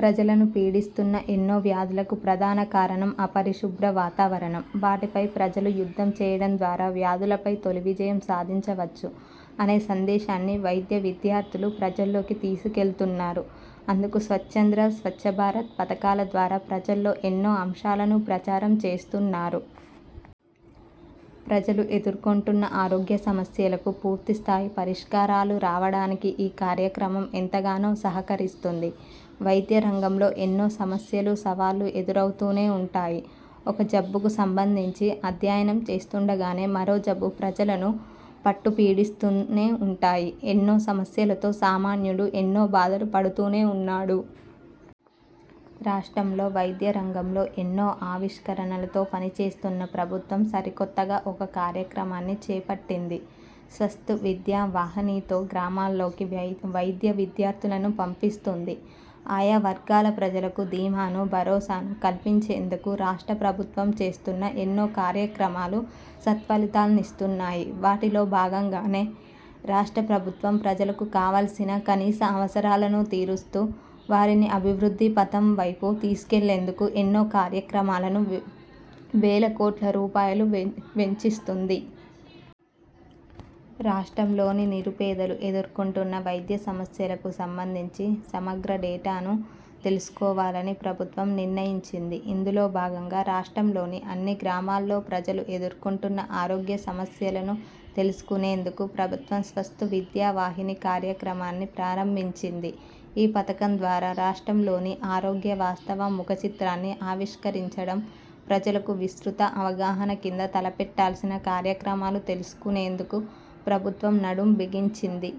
ప్రజలను పీడిస్తున్న ఎన్నో వ్యాధులకు ప్రధాన కారణం అపరిశుభ్ర వాతావరణం. వాటిపై ప్రజలు యుద్ధం చేయడం ద్వారా వ్యాధులపై తొలి విజయం సాధించవచ్చు అనే సందేశాన్ని వైద్య విద్యార్థులు ప్రజల్లోకి తీసుకెళ్తున్నారు. అందుకు స్వచ్ఛాంధ్ర, స్వచ్ఛభారత్ పథకాల ద్వారా ప్రజల్లో ఎన్నో అంశాలను ప్రచారం చేస్తున్నారు. ప్రజలు ఎదుర్కొంటున్న ఆరోగ్య సమస్యలకు పూర్తి స్థాయి పరిష్కారాలు రావడానికి ఈ కార్యక్రమం ఎంతగానో సహకరిస్తుంది. వైద్య రంగంలో ఎన్నో సమస్యలు, సవాళ్లూ ఎదురవుతూనే ఉంటాయి. ఒక జబ్బుకు సంబంధించి అధ్యయనం చేస్తుండగానే మరో జబ్బు ప్రజలను పట్టిపీడిస్తూనే ఉంటాయి. ఎన్నో సమస్యలతో సామాన్యుడు ఎన్నో బాధలు పడుతూనే ఉన్నాడు. రాష్ట్రంలో వైద్య రంగంలో ఎన్నో ఆవిష్కరణలతో పనిచేస్తున్న ప్రభుత్వం సరికొత్తగా ఒక కార్యక్రమాన్ని చేపట్టింది. స్వాస్థ్ విద్యా వాహిణితో గ్రామాల్లోకి వైద్య విద్యార్థులను పంపిస్తోంది. ఆయా వర్గాల ప్రజలకు ధీమాను, భరోసాను కల్పించేందుకు రాష్ట్ర ప్రభుత్వం చేస్తున్న ఎన్నో కార్యక్రమాలు సత్ఫలితాలనిస్తున్నాయి. వాటిలో భాగంగానే రాష్ట్ర ప్రభుత్వం ప్రజలకు కావాల్సిన కనీస అవసరాలను తీరుస్తూ, వారిని అభివృద్ధి పథం వైపు తీసుకెళ్లేందుకు ఎన్నో కార్యక్రమాలను, వేల కోట్ల రూపాయలు వెచ్చిస్తోంది. రాష్ట్రంలోని నిరుపేదలు ఎదుర్కొంటున్న వైద్య సమస్యలకు సంబంధించి సమగ్ర డేటాను తెలుసుకోవాలని ప్రభుత్వం నిర్ణయించింది. ఇందులో భాగంగా రాష్ట్రంలోని అన్ని గ్రామాల్లో ప్రజలు ఎదుర్కొంటున్న ఆరోగ్య సమస్యలను తెలుసుకునేందుకు ప్రభుత్వం స్వాస్థ్ విద్యా వాహిని కార్యక్రమాన్ని ప్రారంభించింది. ఈ పథకం ద్వారా రాష్ట్రంలోని ఆరోగ్య వాస్తవ ముఖచిత్రాన్ని ఆవిష్కరించడం, ప్రజలకు విస్తృత అవగాహన కింద తలపెట్టాల్సిన కార్యక్రమాలు తెలుసుకునేందుకు ప్రభుత్వం నడుం బిగించింది.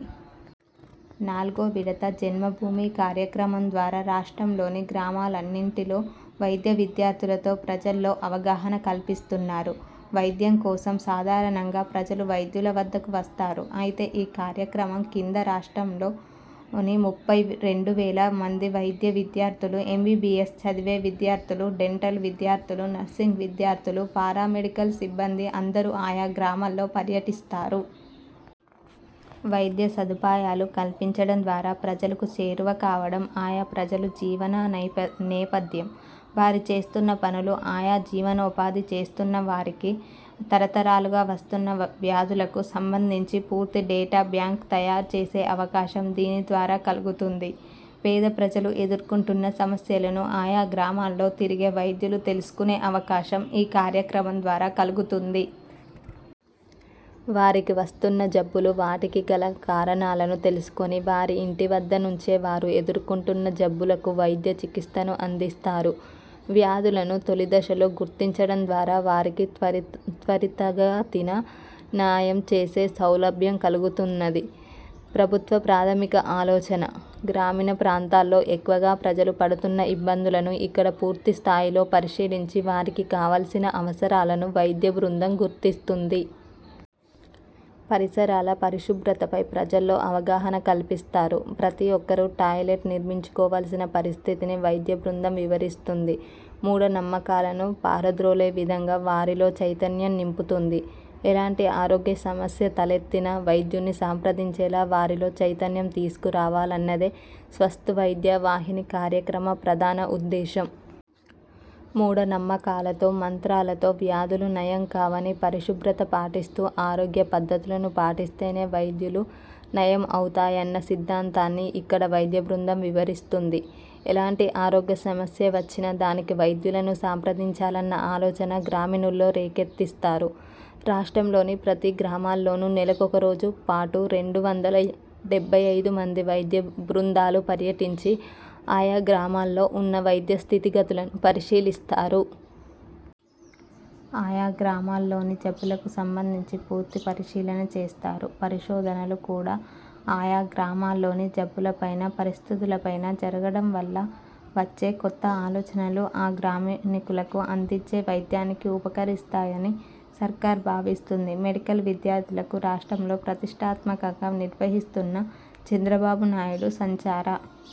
నాల్గో విడత జన్మభూమి కార్యక్రమం ద్వారా రాష్ట్రంలోని గ్రామాలన్నింటిలో వైద్య విద్యార్థులతో ప్రజల్లో అవగాహన కల్పిస్తున్నారు. వైద్యం కోసం సాధారణంగా ప్రజలు వైద్యుల వద్దకు వస్తారు. అయితే ఈ కార్యక్రమం కింద రాష్ట్రంలోని ముప్పై రెండు వేల మంది వైద్య విద్యార్థులు, ఎంబీబీఎస్ చదివే విద్యార్థులు, డెంటల్ విద్యార్థులు, నర్సింగ్ విద్యార్థులు, పారా మెడికల్ సిబ్బంది అందరూ ఆయా గ్రామాల్లో పర్యటిస్తారు. వైద్య సదుపాయాలు కల్పించడం ద్వారా ప్రజలకు చేరువకావడం, ఆయా ప్రజలు జీవన నేపథ్యం, వారు చేస్తున్న పనులు, ఆయా జీవనోపాధి చేస్తున్నవారికి తరతరాలుగా వస్తున్న వ్యాధులకు సంబంధించి పూర్తి డేటా బ్యాంక్ తయారు చేసే అవకాశం దీని ద్వారా కలుగుతుంది. పేద ప్రజలు ఎదుర్కొంటున్న సమస్యలను ఆయా గ్రామాల్లో తిరిగే వైద్యులు తెలుసుకునే అవకాశం ఈ కార్యక్రమం ద్వారా కలుగుతుంది. వారికి వస్తున్న జబ్బులు, వాటికి గల కారణాలను తెలుసుకొని వారి ఇంటి వద్ద నుంచే వారు ఎదుర్కొంటున్న జబ్బులకు వైద్య చికిత్సను అందిస్తారు. వ్యాధులను తొలిదశలో గుర్తించడం ద్వారా వారికి త్వరితగతిన నయం చేసే సౌలభ్యం కలుగుతుందన్నది ప్రభుత్వ ప్రాధమిక ఆలోచన. గ్రామీణ ప్రాంతాల్లో ఎక్కువగా ప్రజలు పడుతున్న ఇబ్బందులను ఇక్కడ పూర్తి స్థాయిలో పరిశీలించి, వారికి కావల్సిన అవసరాలను వైద్య బృందం గుర్తిస్తుంది. పరిసరాల పరిశుభ్రతపై ప్రజల్లో అవగాహన కల్పిస్తారు. ప్రతి ఒక్కరూ టాయిలెట్ నిర్మించుకోవాల్సిన పరిస్థితిని వైద్య బృందం వివరిస్తుంది. మూఢనమ్మకాలను పారద్రోలే విధంగా వారిలో చైతన్యం నింపుతుంది. ఎలాంటి ఆరోగ్య సమస్య తలెత్తినా వైద్యుడ్ని సంప్రదించేలా వారిలో చైతన్యం తీసుకురావాలన్నదే స్వాస్థ్ వైద్య వాహిణి కార్యక్రమ ప్రధాన ఉద్దేశం. మూఢ నమ్మకాలతో, మంత్రాలతో వ్యాధులు నయం కావని, పరిశుభ్రత పాటిస్తూ, ఆరోగ్య పద్ధతులను పాటిస్తేనే వ్యాధులు నయం అవుతాయన్న సిద్ధాంతాన్ని ఇక్కడ వైద్య బృందం వివరిస్తుంది. ఎలాంటి ఆరోగ్య సమస్య వచ్చినా దానికి వైద్యులను సంప్రదించాలన్న ఆలోచన గ్రామీణుల్లో రేకెత్తిస్తారు. రాష్ట్రంలోని ప్రతి గ్రామంలోనూ నెలకు ఒక రోజు పాటు రెండు వందల డెబ్బై ఐదు మంది వైద్య బృందాలు పర్యటించి ఆయా గ్రామాల్లో ఉన్న వైద్య స్థితిగతులను పరిశీలిస్తారు. ఆయా గ్రామాల్లోని జబ్బులకు సంబంధించి పూర్తి పరిశీలన చేస్తారు. పరిశోధనలు కూడా ఆయా గ్రామాల్లోని జబ్బులపైనా, పరిస్థితులపైనా జరగడం వల్ల వచ్చే కొత్త ఆలోచనలు ఆ గ్రామీణులకు అందించే వైద్యానికి ఉపకరిస్తాయని సర్కారు భావిస్తోంది. మెడికల్ విద్యార్థులకు రాష్ట్రంలో ప్రతిష్టాత్మకంగా నిర్వహిస్తున్న చంద్రబాబు నాయుడు సంచార